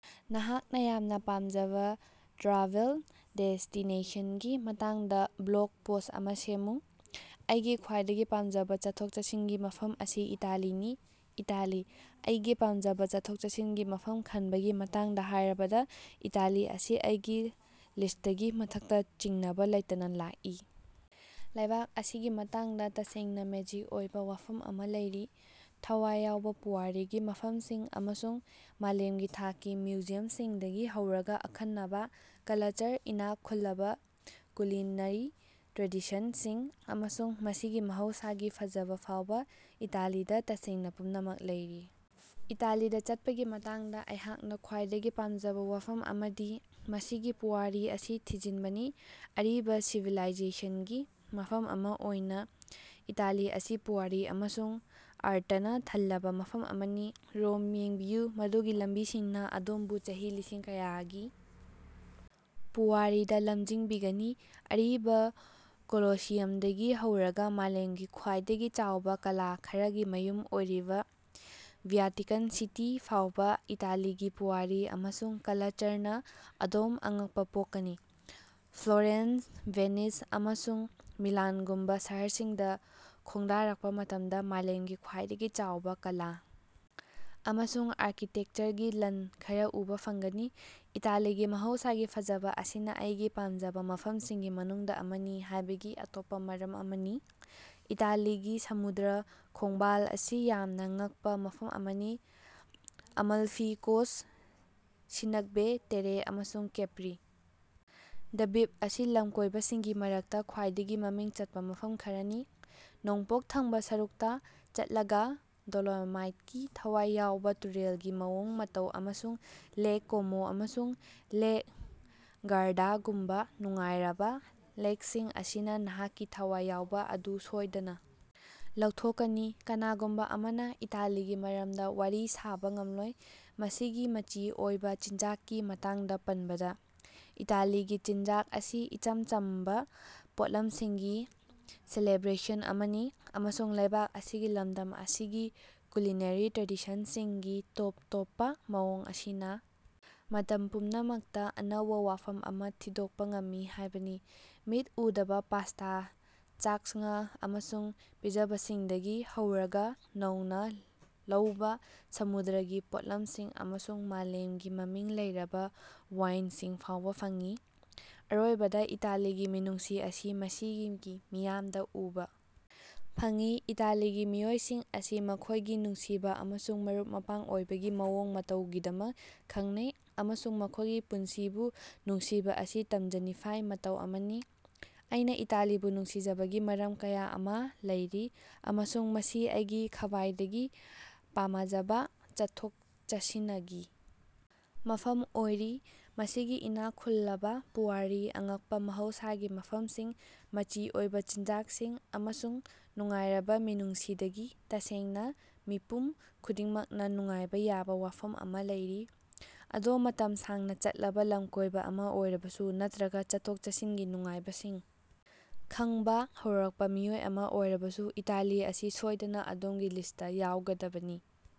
ꯅꯍꯥꯛꯅ ꯌꯥꯝꯅ ꯄꯥꯝꯖꯕ ꯇ꯭ꯔꯥꯚꯦꯜ ꯗꯦꯁ꯭ꯇꯤꯅꯦꯁꯟꯒꯤ ꯃꯇꯥꯡꯗ ꯕ꯭ꯂꯣꯒ ꯄꯣꯁ ꯑꯃ ꯁꯦꯝꯃꯨ꯫ ꯑꯩꯒꯤ ꯈ꯭ꯋꯥꯏꯗꯒꯤ ꯄꯥꯝꯖꯕ ꯆꯠꯊꯣꯛ-ꯆꯠꯁꯤꯟꯒꯤ ꯃꯐꯝ ꯑꯁꯤ ꯏꯇꯥꯂꯤꯅꯤ꯫ ꯏꯇꯥꯂꯤ: ꯑꯩꯒꯤ ꯄꯥꯝꯖꯕ ꯆꯠꯊꯣꯛ-ꯆꯠꯁꯤꯟꯒꯤ ꯃꯐꯝ ꯈꯟꯕꯒꯤ ꯃꯇꯥꯡꯗ ꯍꯥꯏꯔꯕꯗ, ꯏꯇꯥꯂꯤ ꯑꯁꯤ ꯑꯩꯒꯤ ꯂꯤꯁ꯭ꯇꯀꯤ ꯃꯊꯛꯇ ꯆꯤꯡꯅꯕ ꯂꯩꯇꯅ ꯂꯥꯛꯏ꯫ ꯂꯩꯕꯥꯛ ꯑꯁꯤꯒꯤ ꯃꯇꯥꯡꯗ ꯇꯁꯦꯡꯅ ꯃꯦꯖꯤꯛ ꯑꯣꯏꯕ ꯋꯥꯐꯝ ꯑꯃ ꯂꯩꯔꯤ꯫ ꯊꯋꯥꯏ ꯌꯥꯎꯕ ꯄꯨꯋꯥꯔꯤꯒꯤ ꯃꯐꯝꯁꯤꯡ ꯑꯃꯁꯨꯡ ꯃꯥꯂꯦꯝꯒꯤ ꯊꯥꯛꯀꯤ ꯃ꯭ꯌꯨꯖꯤꯌꯝꯁꯤꯡꯗꯒꯤ ꯍꯧꯔꯒ ꯑꯈꯟꯅꯕꯥ ꯀꯂꯆꯔ, ꯏꯅꯥꯛ ꯈꯨꯜꯂꯕ ꯀꯨꯂꯤꯅꯔꯤ ꯇ꯭ꯔꯦꯗꯤꯁꯟꯁꯤꯡ, ꯑꯃꯁꯨꯡ ꯃꯁꯤꯒꯤ ꯃꯍꯧꯁꯥꯒꯤ ꯐꯖꯕ ꯐꯥꯎꯕ ꯏꯇꯥꯂꯤꯗ ꯇꯁꯦꯡꯅ ꯄꯨꯝꯅꯃꯛ ꯂꯩꯔꯤ꯫ ꯏꯇꯥꯂꯤꯗ ꯆꯠꯄꯒꯤ ꯃꯇꯥꯡꯗ ꯑꯩꯍꯥꯛꯅ ꯈ꯭ꯋꯥꯏꯗꯒꯤ ꯄꯥꯝꯖꯕ ꯋꯥꯐꯝ ꯑꯃꯗꯤ ꯃꯁꯤꯒꯤ ꯄꯨꯋꯥꯔꯤ ꯑꯁꯤ ꯊꯤꯖꯤꯟꯕꯅꯤ꯫ ꯑꯔꯤꯕ ꯁꯤꯚꯤꯂꯥꯏꯖꯦꯁꯟꯒꯤ ꯃꯐꯝ ꯑꯃ ꯑꯣꯏꯅ ꯏꯇꯥꯂꯤ ꯑꯁꯤ ꯄꯨꯋꯥꯔꯤ ꯑꯃꯁꯨꯡ ꯑꯥꯔꯇꯅ ꯊꯜꯂꯕ ꯃꯐꯝ ꯑꯃꯅꯤ꯫ ꯔꯣꯝ ꯌꯦꯡꯕꯤꯌꯨ, ꯃꯗꯨꯒꯤ ꯂꯝꯕꯤꯁꯤꯡꯅ ꯑꯗꯣꯝꯕꯨ ꯆꯍꯤ ꯂꯤꯁꯤꯡ ꯀꯌꯥꯒꯤ ꯄꯨꯋꯥꯔꯤꯗ ꯂꯝꯖꯤꯡꯕꯤꯒꯅꯤ, ꯑꯔꯤꯕ ꯀꯣꯂꯣꯁꯤꯌꯝꯗꯒꯤ ꯍꯧꯔꯒ ꯃꯥꯂꯦꯝꯒꯤ ꯈ꯭ꯋꯥꯏꯗꯒꯤ ꯆꯥꯎꯕ ꯀꯂꯥ ꯈꯔꯒꯤ ꯃꯌꯨꯝ ꯑꯣꯏꯔꯤꯕ ꯚ꯭ꯌꯥꯇꯤꯀꯥꯟ ꯁꯤꯇꯤ ꯐꯥꯎꯕ ꯏꯇꯥꯂꯤꯒꯤ ꯄꯨꯋꯥꯔꯤ ꯑꯃꯁꯨꯡ ꯀꯂꯆꯔꯅ ꯑꯗꯣꯝ ꯑꯉꯛꯄ ꯄꯣꯛꯀꯅꯤ꯫ ꯐ꯭ꯂꯣꯔꯦꯟꯁ, ꯚꯦꯅꯤꯁ, ꯑꯃꯁꯨꯡ ꯃꯤꯂꯥꯟꯒꯨꯝꯕ ꯁꯍꯔꯁꯤꯡꯗ ꯈꯣꯡꯗꯥꯔꯛꯄ ꯃꯇꯝꯗ ꯃꯥꯂꯦꯝꯒꯤ ꯈ꯭ꯋꯥꯏꯗꯒꯤ ꯆꯥꯎꯕ ꯀꯂꯥ ꯑꯃꯁꯨꯡ ꯑꯥꯔꯀꯤꯇꯦꯛꯆꯔꯒꯤ ꯂꯟ ꯈꯔ ꯎꯕ ꯐꯪꯒꯅꯤ꯫ ꯏꯇꯥꯂꯤꯒꯤ ꯃꯍꯧꯁꯥꯒꯤ ꯐꯖꯕ ꯑꯁꯤꯅ ꯑꯩꯒꯤ ꯄꯥꯝꯖꯕ ꯃꯐꯝꯁꯤꯡꯒꯤ ꯃꯅꯨꯡꯗ ꯑꯃꯅꯤ ꯍꯥꯏꯕꯒꯤ ꯑꯇꯣꯞꯄ ꯃꯔꯝ ꯑꯃꯅꯤ꯫ ꯏꯇꯥꯂꯤꯒꯤ ꯁꯃꯨꯗ꯭ꯔ ꯈꯣꯡꯕꯥꯜ ꯑꯁꯤ ꯌꯥꯝꯅ ꯉꯛꯄ ꯃꯐꯝ ꯑꯃꯅꯤ, ꯑꯃꯜꯐꯤ ꯀꯣꯁ꯭ꯠ, ꯁꯤꯅꯛꯕꯦ ꯇꯦꯔꯦ ꯑꯃꯁꯨꯡ ꯀꯦꯄ꯭ꯔꯤ ꯗ꯭ꯕꯤꯞ ꯑꯁꯤ ꯂꯝꯀꯣꯏꯕꯁꯤꯡꯒꯤ ꯃꯔꯛꯇ ꯈ꯭ꯋꯥꯏꯗꯒꯤ ꯃꯃꯤꯡ ꯆꯠꯄ ꯃꯐꯝ ꯈꯔꯅꯤ꯫ ꯅꯣꯡꯄꯣꯛ ꯊꯪꯕꯥ ꯁꯔꯨꯛꯇꯥ ꯆꯠꯂꯒꯥ ꯗꯣꯂꯣꯃꯥꯏꯠꯀꯤ ꯊꯋꯥꯏ ꯌꯥꯎꯕ ꯇꯨꯔꯦꯜꯒꯤ ꯃꯑꯣꯡ ꯃꯇꯧ ꯑꯃꯁꯨꯡ ꯂꯦꯛ ꯀꯣꯃꯣ ꯑꯃꯁꯨꯡ ꯂꯦꯛ ꯒꯥꯔꯗꯥꯒꯨꯝꯕꯥ ꯅꯨꯡꯉꯥꯏꯔꯕꯥ ꯂꯦꯛꯁꯤꯡ ꯑꯁꯤꯅ ꯅꯍꯥꯛꯀꯤ ꯊꯋꯥꯏ ꯌꯥꯎꯕ ꯑꯗꯨ ꯁꯣꯏꯗꯅ ꯂꯧꯊꯣꯛꯀꯅꯤ꯫ ꯀꯅꯥꯒꯨꯝꯕ ꯑꯃꯅ ꯏꯇꯥꯂꯤꯒꯤ ꯃꯔꯝꯗ ꯋꯥꯔꯤ ꯁꯥꯕꯥ ꯉꯝꯂꯣꯏ, ꯃꯁꯤꯒꯤ ꯃꯆꯤ ꯑꯣꯏꯕꯥ ꯆꯤꯟꯖꯥꯛꯀꯤ ꯃꯇꯥꯡꯗ ꯄꯟꯕꯗ꯫ ꯏꯇꯥꯂꯤꯒꯤ ꯆꯤꯟꯖꯥꯛ ꯑꯁꯤ ꯏꯆꯝ ꯆꯝꯕꯥ ꯄꯣꯠꯂꯝꯁꯤꯡꯒꯤ ꯁꯦꯂꯦꯕ꯭ꯔꯦꯁꯟ ꯑꯃꯅꯤ, ꯑꯃꯁꯨꯡ ꯂꯩꯕꯥꯛ ꯑꯁꯤꯒꯤ ꯂꯝꯗꯝ ꯑꯁꯤꯒꯤ ꯀꯨꯂꯤꯅꯔꯤ ꯇ꯭ꯔꯦꯗꯤꯁꯟꯁꯤꯡꯒꯤ ꯇꯣꯞ ꯇꯣꯞꯄꯥ ꯃꯑꯣꯡ ꯑꯁꯤꯅꯥ ꯃꯇꯝ ꯄꯨꯝꯅꯃꯛꯇ ꯑꯅꯧꯕ ꯋꯥꯐꯝ ꯑꯃ ꯊꯤꯗꯣꯛꯄ ꯉꯝꯃꯤ ꯍꯥꯏꯕꯅꯤ꯫ ꯃꯤꯠ ꯎꯗꯕ ꯄꯥꯁꯇꯥ ꯆꯥꯛꯁꯉ ꯑꯃꯁꯨꯡ ꯄꯤꯖꯕꯁꯤꯡꯗꯒꯤ ꯍꯧꯔꯒꯥ ꯅꯧꯅꯥ ꯂꯧꯕꯥ ꯁꯃꯨꯗ꯭ꯔꯒꯤ ꯄꯣꯠꯂꯝꯁꯤꯡ ꯑꯃꯁꯨꯡ ꯃꯥꯂꯦꯝꯒꯤ ꯃꯃꯤꯡ ꯂꯩꯔꯕ ꯋꯥꯏꯟꯁꯤꯡ ꯐꯥꯎꯕ ꯐꯪꯏ꯫ ꯑꯔꯣꯏꯕꯗ ꯏꯇꯥꯂꯤꯒꯤ ꯃꯤꯅꯨꯡꯁꯤ ꯑꯁꯤ ꯃꯁꯤꯒꯤ ꯃꯤꯌꯥꯝꯗ ꯎꯕ ꯐꯪꯏ꯫ ꯏꯇꯥꯂꯤꯒꯤ ꯃꯤꯑꯣꯏꯁꯤꯡ ꯑꯁꯤ ꯃꯈꯣꯏꯒꯤ ꯅꯨꯡꯁꯤꯕ ꯑꯃꯁꯨꯡ ꯃꯔꯨꯞ-ꯃꯄꯥꯡ ꯑꯣꯏꯕꯒꯤ ꯃꯑꯣꯡ ꯃꯇꯧꯒꯤꯗꯃꯛ ꯈꯪꯅꯩ, ꯑꯃꯁꯨꯡ ꯃꯈꯣꯏꯒꯤ ꯄꯨꯟꯁꯤꯕꯨ ꯅꯨꯡꯁꯤꯕ ꯑꯁꯤ ꯇꯝꯖꯅꯤꯐꯥꯏ ꯃꯇꯧ ꯑꯃꯅꯤ꯫ ꯑꯩꯅ ꯏꯇꯥꯂꯤꯕꯨ ꯅꯨꯡꯁꯤꯖꯕꯒꯤ ꯃꯔꯝ ꯀꯌꯥ ꯑꯃꯥ ꯂꯩꯔꯤ, ꯑꯃꯁꯨꯡ ꯃꯁꯤ ꯑꯩꯒꯤ ꯈ꯭ꯕꯥꯏꯗꯒꯤ ꯄꯥꯃꯖꯕꯥ ꯆꯠꯊꯣꯛ-ꯆꯠꯁꯤꯅꯒꯤ ꯃꯐꯝ ꯑꯣꯏꯔꯤ꯫ ꯃꯁꯤꯒꯤ ꯏꯅꯥꯛ ꯈꯨꯜꯂꯕꯥ ꯄꯨꯋꯥꯔꯤ, ꯑꯉꯛꯄ ꯃꯍꯧꯁꯥꯒꯤ ꯃꯐꯝꯁꯤꯡ, ꯃꯆꯤ ꯑꯣꯏꯕ ꯆꯤꯟꯖꯥꯛꯁꯤꯡ, ꯑꯃꯁꯨꯡ ꯅꯨꯡꯉꯥꯏꯔꯕ ꯃꯤꯅꯨꯡꯁꯤꯗꯒꯤ, ꯇꯁꯦꯡꯅꯥ ꯃꯤꯄꯨꯝ ꯈꯨꯗꯤꯡꯃꯛꯅ ꯅꯨꯡꯉꯥꯏꯕ ꯌꯥꯕ ꯋꯥꯐꯝ ꯑꯃ ꯂꯩꯔꯤ꯫ ꯑꯗꯣꯝ ꯃꯇꯝ ꯁꯥꯡꯅ ꯆꯠꯂꯕ ꯂꯝꯀꯣꯏꯕ ꯑꯃ ꯑꯣꯏꯔꯕꯁꯨ, ꯅꯠꯇ꯭ꯔꯒ ꯆꯠꯊꯣꯛ-ꯆꯠꯁꯤꯟꯒꯤ ꯅꯨꯡꯉꯥꯏꯕꯁꯤꯡ ꯈꯪꯕꯥ ꯍꯧꯔꯛꯄ ꯃꯤꯑꯣꯏ ꯑꯃ ꯑꯣꯏꯔꯕꯁꯨ, ꯏꯇꯥꯂꯤ ꯑꯁꯤ ꯁꯣꯏꯗꯅ ꯑꯗꯣꯝꯒꯤ ꯂꯤꯁꯇ ꯌꯥꯎꯒꯗꯕꯅꯤ꯫